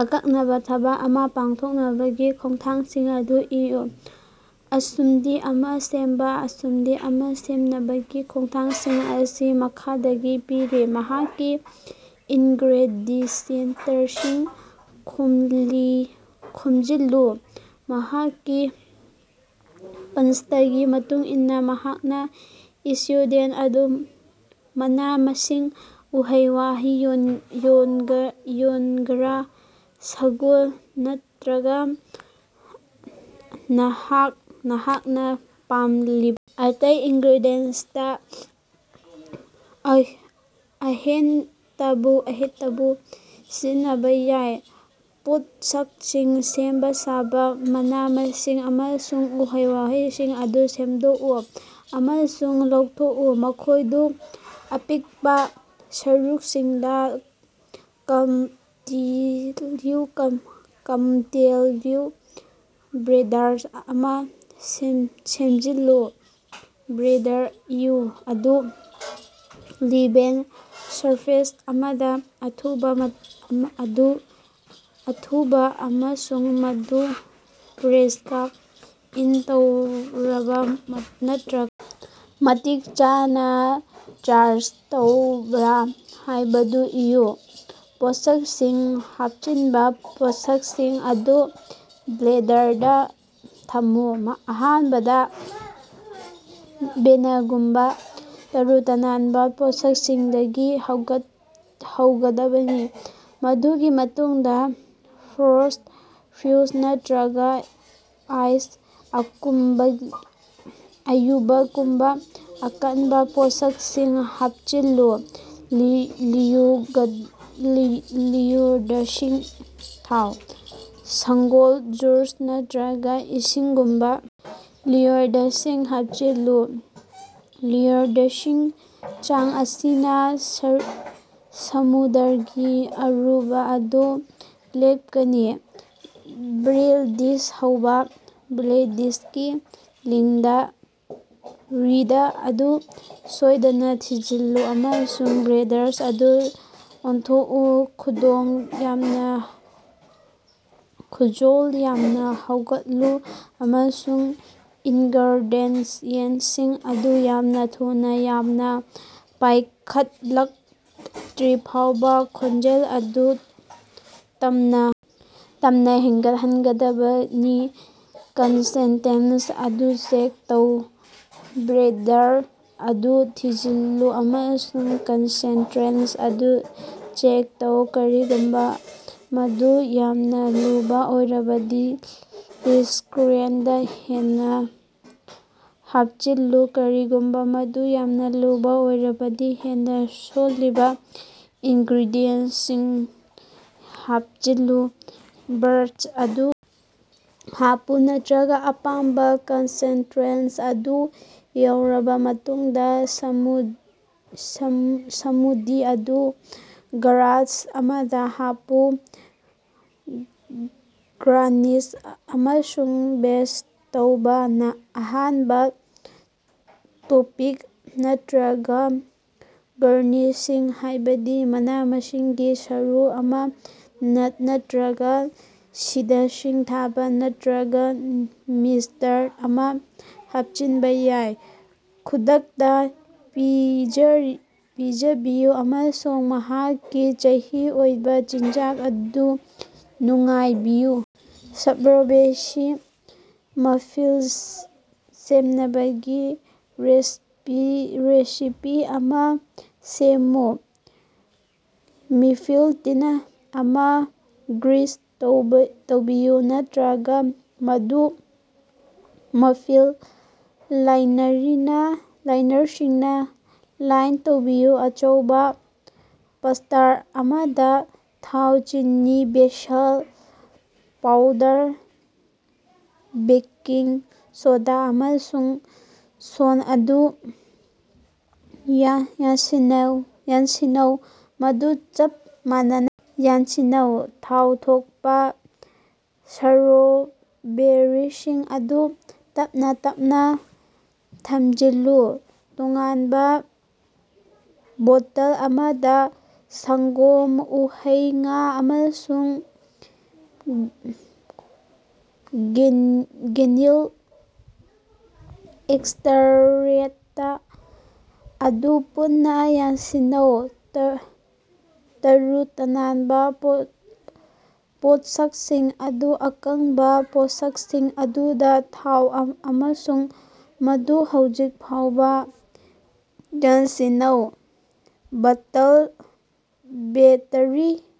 ꯑꯀꯛꯅꯕ ꯊꯕꯛ ꯑꯃ ꯄꯥꯡꯊꯣꯛꯅꯕꯒꯤ ꯈꯣꯡꯊꯥꯡꯁꯤꯡ ꯑꯗꯨ ꯏꯌꯨ꯫ ꯁ꯭ꯃꯨꯗꯤ ꯑꯃ ꯁꯦꯝꯕ꯫ ꯁ꯭ꯃꯨꯗꯤ ꯑꯃ ꯁꯦꯝꯅꯕꯒꯤ ꯈꯣꯡꯊꯥꯡꯁꯤꯡ ꯑꯁꯤ ꯃꯈꯥꯗꯥ ꯄꯤꯔꯤ: ꯅꯍꯥꯛꯀꯤ ꯏꯅꯒ꯭ꯔꯦꯗꯤꯌꯦꯟꯇꯁꯤꯡ ꯈꯣꯝꯖꯤꯜꯂꯨ: ꯅꯍꯥꯛꯀꯤ ꯄꯁꯟꯗꯒꯤ ꯃꯇꯨꯡꯏꯟꯅ, ꯅꯍꯥꯛꯅ ꯁ꯭ꯃꯨꯗꯤ ꯑꯃꯗ ꯃꯅꯥ-ꯃꯁꯤꯡ, ꯎꯍꯩ-ꯋꯥꯍꯩ, ꯌꯣꯒꯔ, ꯁꯪꯒꯣꯝ ꯅꯠꯇꯔꯒꯥ ꯅꯍꯥꯛꯅ ꯄꯥꯝꯂꯤꯕ ꯑꯇꯩ ꯏꯟꯒ꯭ꯔꯦꯗꯤꯌꯦꯟꯇ ꯑꯃꯍꯦꯛꯇꯕꯨ ꯁꯤꯖꯤꯟꯅꯕꯥ ꯌꯥꯏ꯫ ꯄꯣꯠꯁꯛꯁꯤꯡ ꯁꯦꯝ-ꯁꯥꯕꯥ: ꯃꯅꯥ-ꯃꯁꯤꯡ ꯑꯃꯁꯨꯡ ꯎꯍꯩ-ꯋꯥꯍꯩꯁꯤꯡ ꯑꯗꯨ ꯁꯦꯡꯗꯣꯛꯎ ꯑꯃꯁꯨꯡ ꯂꯧꯊꯣꯛꯎ꯫ ꯃꯈꯣꯏꯗꯨ ꯑꯄꯤꯛꯄꯥ ꯁꯔꯨꯛꯁꯤꯡꯗ ꯀꯥꯞꯁꯤꯜꯂꯨ꯫ ꯕ꯭ꯂꯦꯟꯗꯔ ꯑꯃ ꯁꯦꯝꯖꯤꯜꯂꯨ: ꯕ꯭ꯂꯦꯟꯗꯔ ꯑꯗꯨ ꯂꯦꯚꯦꯜ ꯁꯔꯐꯦꯁ ꯑꯃꯗ ꯊꯝꯃꯨ ꯑꯃꯁꯨꯡ ꯃꯗꯨ ꯄ꯭ꯂꯒ ꯏꯟ ꯇꯧꯕ꯭ꯔꯥ ꯅꯠꯇꯔꯒ ꯃꯇꯤꯛ ꯆꯥꯅ ꯆꯥꯔꯖ ꯇꯧꯕ꯭ꯔꯥ ꯍꯥꯏꯕꯗꯨ ꯌꯦꯡꯎ꯫ ꯄꯣꯠꯁꯛꯁꯤꯡ ꯍꯥꯄꯆꯤꯟꯕ: ꯄꯣꯠꯁꯛꯁꯤꯡ ꯑꯗꯨ ꯕ꯭ꯂꯦꯟꯗꯔꯗ ꯊꯝꯃꯨ꯫ ꯑꯍꯥꯟꯕꯗ ꯕꯦꯅꯥꯒꯨꯝꯕ ꯇꯔꯨ-ꯇꯅꯥꯟꯕ ꯄꯣꯠꯁꯛꯁꯤꯡꯗꯒꯤ ꯍꯧꯒꯗꯕꯅꯤ, ꯃꯗꯨꯒꯤ ꯃꯇꯨꯡꯗꯥ ꯐ꯭ꯔꯣꯖꯟ ꯐ꯭ꯔꯨꯠ ꯅꯠꯇꯔꯒꯥ ꯑꯥꯏꯁ ꯀ꯭ꯌꯨꯕꯒꯨꯝꯕ ꯑꯀꯟꯕ ꯄꯣꯠꯁꯛꯁꯤꯡ ꯍꯥꯞꯆꯤꯜꯂꯨ꯫ ꯂꯤꯛꯌꯨꯏꯗꯁꯤꯡ ꯊꯥꯎ: ꯁꯪꯒꯣꯝ, ꯖꯨꯁ ꯅꯠꯇꯔꯒꯥ ꯏꯁꯤꯡꯒꯨꯝꯕ ꯂꯤꯛꯌꯨꯏꯗꯁꯤꯡ ꯍꯥꯞꯆꯤꯜꯂꯨ꯫ ꯂꯤꯀ꯭ꯌꯨꯏꯗꯀꯤ ꯆꯥꯡ ꯑꯁꯤꯅ ꯁ꯭ꯃꯨꯗꯤꯒꯤ ꯑꯔꯨꯝꯕ ꯑꯗꯨ ꯂꯦꯞꯀꯅꯤ꯫ ꯕ꯭ꯂꯦꯟꯗꯤꯡ ꯍꯧꯕ: ꯕ꯭ꯂꯦꯟꯗꯔꯒꯤ ꯂꯤꯗ ꯑꯗꯨ ꯁꯣꯏꯗꯅ ꯊꯤꯡꯖꯤꯜꯂꯨ, ꯑꯃꯁꯨꯡ ꯕ꯭ꯂꯦꯟꯗꯔ ꯑꯗꯨ ꯑꯣꯟꯊꯣꯛꯎ꯫ ꯈꯣꯡꯖꯦꯜ ꯌꯥꯡꯅ ꯍꯧꯒꯠꯂꯨ ꯑꯃꯁꯨꯡ ꯏꯟꯒ꯭ꯔꯦꯗꯤꯌꯦꯟꯇꯁꯤꯡ ꯑꯗꯨ ꯌꯥꯝꯅ ꯊꯨꯅ ꯌꯥꯡꯅ ꯄꯥꯏꯈꯠꯂꯛꯇꯔꯤꯐꯥꯎꯕ ꯈꯣꯡꯖꯦꯜ ꯑꯗꯨ ꯇꯞꯅꯥ ꯇꯞꯅꯥ ꯍꯦꯟꯒꯠꯍꯟꯒꯗꯕꯅꯤ꯫ ꯀꯟꯁꯤꯁꯇꯦꯟꯁ ꯑꯗꯨ ꯆꯦꯛ ꯇꯧ: ꯕ꯭ꯂꯦꯟꯗꯔ ꯑꯗꯨ ꯊꯤꯡꯖꯤꯜꯂꯨ ꯑꯃꯁꯨꯡ ꯀꯟꯁꯤꯁꯇꯦꯟꯁ ꯑꯗꯨ ꯆꯦꯛ ꯇꯧ꯫ ꯀꯔꯤꯒꯨꯝꯕ ꯃꯗꯨ ꯌꯥꯝꯅ ꯂꯨꯕ ꯑꯣꯏꯔꯕꯗꯤ, ꯂꯤꯀ꯭ꯌꯨꯏꯗ ꯍꯦꯟꯅ ꯍꯥꯞꯆꯤꯜꯂꯨ; ꯀꯔꯤꯒꯨꯝꯕ ꯃꯗꯨ ꯌꯥꯝꯅ ꯂꯨꯕꯥ ꯑꯣꯏꯔꯕꯗꯤ, ꯍꯦꯟꯅ ꯁꯣꯂꯤꯗ ꯏꯟꯒ꯭ꯔꯦꯗꯤꯌꯦꯟꯇꯁꯤꯡ ꯍꯥꯞꯆꯤꯜꯂꯨ꯫ ꯒ꯭ꯂꯥꯁ ꯑꯃꯗ ꯍꯥꯄꯄꯨ: ꯅꯍꯥꯛꯅ ꯑꯄꯥꯝꯕ ꯀꯟꯁꯤꯁꯇꯦꯟꯁ ꯑꯗꯨ ꯌꯧꯔꯕ ꯃꯇꯨꯡꯗ, ꯁ꯭ꯃꯨꯗꯤ ꯑꯗꯨ ꯒ꯭ꯂꯥꯁ ꯑꯃꯗ ꯍꯥꯞꯄꯨ꯫ ꯒꯥꯔꯅꯤꯁ ꯑꯃꯁꯨꯡ ꯁꯦꯚ ꯇꯧꯕ: ꯅꯍꯥꯛꯅ ꯇꯣꯄꯤꯡ ꯅꯠꯇꯔꯒꯥ ꯒꯥꯔꯅꯤꯁꯁꯤꯡ ꯍꯥꯏꯕꯗꯤ ꯃꯅꯥ-ꯃꯁꯤꯡꯒꯤ ꯁꯔꯨꯛ ꯑꯃꯥ, ꯅꯠ ꯅꯠꯇꯔꯒ ꯁꯤꯗꯁꯤꯡ ꯊꯥꯕ ꯅꯠꯇꯔꯒꯥ ꯃꯤꯟꯇ ꯑꯃ ꯍꯥꯄꯆꯤꯟꯕ ꯌꯥꯏ꯫ ꯈꯨꯗꯛꯇꯥ ꯄꯤꯖꯕꯤꯌꯨ ꯑꯃꯁꯨꯡ ꯅꯍꯥꯛꯀꯤ ꯃꯆꯤ ꯑꯣꯏꯕ ꯆꯤꯟꯖꯥꯛ ꯑꯗꯨ ꯅꯨꯡꯉꯥꯏꯕꯤꯌꯨ! ꯁ꯭ꯇꯔꯣꯕꯦꯔꯤ ꯃꯐꯤꯟ ꯁꯦꯝꯅꯕꯒꯤ ꯔꯦꯁꯤꯄꯤ ꯑꯃ ꯁꯦꯝꯃꯨ꯫ ꯃꯐꯤꯟ ꯇꯤꯟ ꯑꯃ ꯒ꯭ꯔꯤꯁ ꯇꯧꯕꯤꯌꯨ ꯅꯠꯇꯔꯒ ꯃꯗꯨ ꯃꯐꯤꯟ ꯂꯥꯏꯅꯔꯁꯤꯡꯅ ꯂꯥꯏꯟ ꯇꯧꯕꯤꯌꯨ꯫ ꯑꯆꯧꯕ ꯄꯇꯔ ꯑꯃꯗ, ꯊꯥꯎ, ꯆꯤꯅꯤ, ꯕꯦꯀꯤꯡ ꯄꯥꯎꯗꯔ, ꯕꯦꯀꯤꯡ ꯁꯣꯗꯥ ꯑꯃꯁꯨꯡ ꯂꯣꯟ ꯑꯗꯨ ꯌꯥꯟꯁꯤꯟꯅꯧ, ꯃꯗꯨ ꯆꯞ ꯃꯥꯟꯅꯅ ꯌꯥꯟꯁꯤꯟꯅꯧ꯫ ꯊꯥꯎ ꯊꯣꯛꯄꯥ ꯁ꯭ꯇꯔꯣꯕꯦꯔꯤꯁꯤꯡ ꯑꯗꯨ ꯇꯞꯅ ꯇꯞꯅ ꯊꯝꯖꯤꯜꯂꯨ꯫ ꯇꯣꯉꯥꯟꯕ ꯕꯣꯇꯜ ꯑꯃꯗ ꯁꯪꯒꯣꯝ, ꯎꯍꯩ, ꯉꯥ, ꯑꯃꯁꯨꯡ ꯚꯦꯅꯤꯂ ꯑꯦꯛꯁꯇꯔꯦꯛꯇ ꯑꯗꯨ ꯄꯨꯟꯅ ꯌꯥꯟꯁꯤꯟꯅꯧ꯫ ꯇꯔꯨ-ꯇꯅꯥꯟꯕ ꯄꯣꯠꯁꯛꯁꯤꯡ ꯑꯗꯨ ꯑꯀꯪꯕ ꯄꯣꯠꯁꯛꯁꯤꯡ ꯑꯗꯨꯗ ꯊꯥꯎ ꯑꯃꯁꯨꯡ ꯃꯗꯨ ꯍꯧꯖꯤꯛ ꯐꯥꯎꯕꯥ ꯌꯥꯟꯁꯤꯟꯅꯧ꯫ ꯕꯦꯇꯔꯤ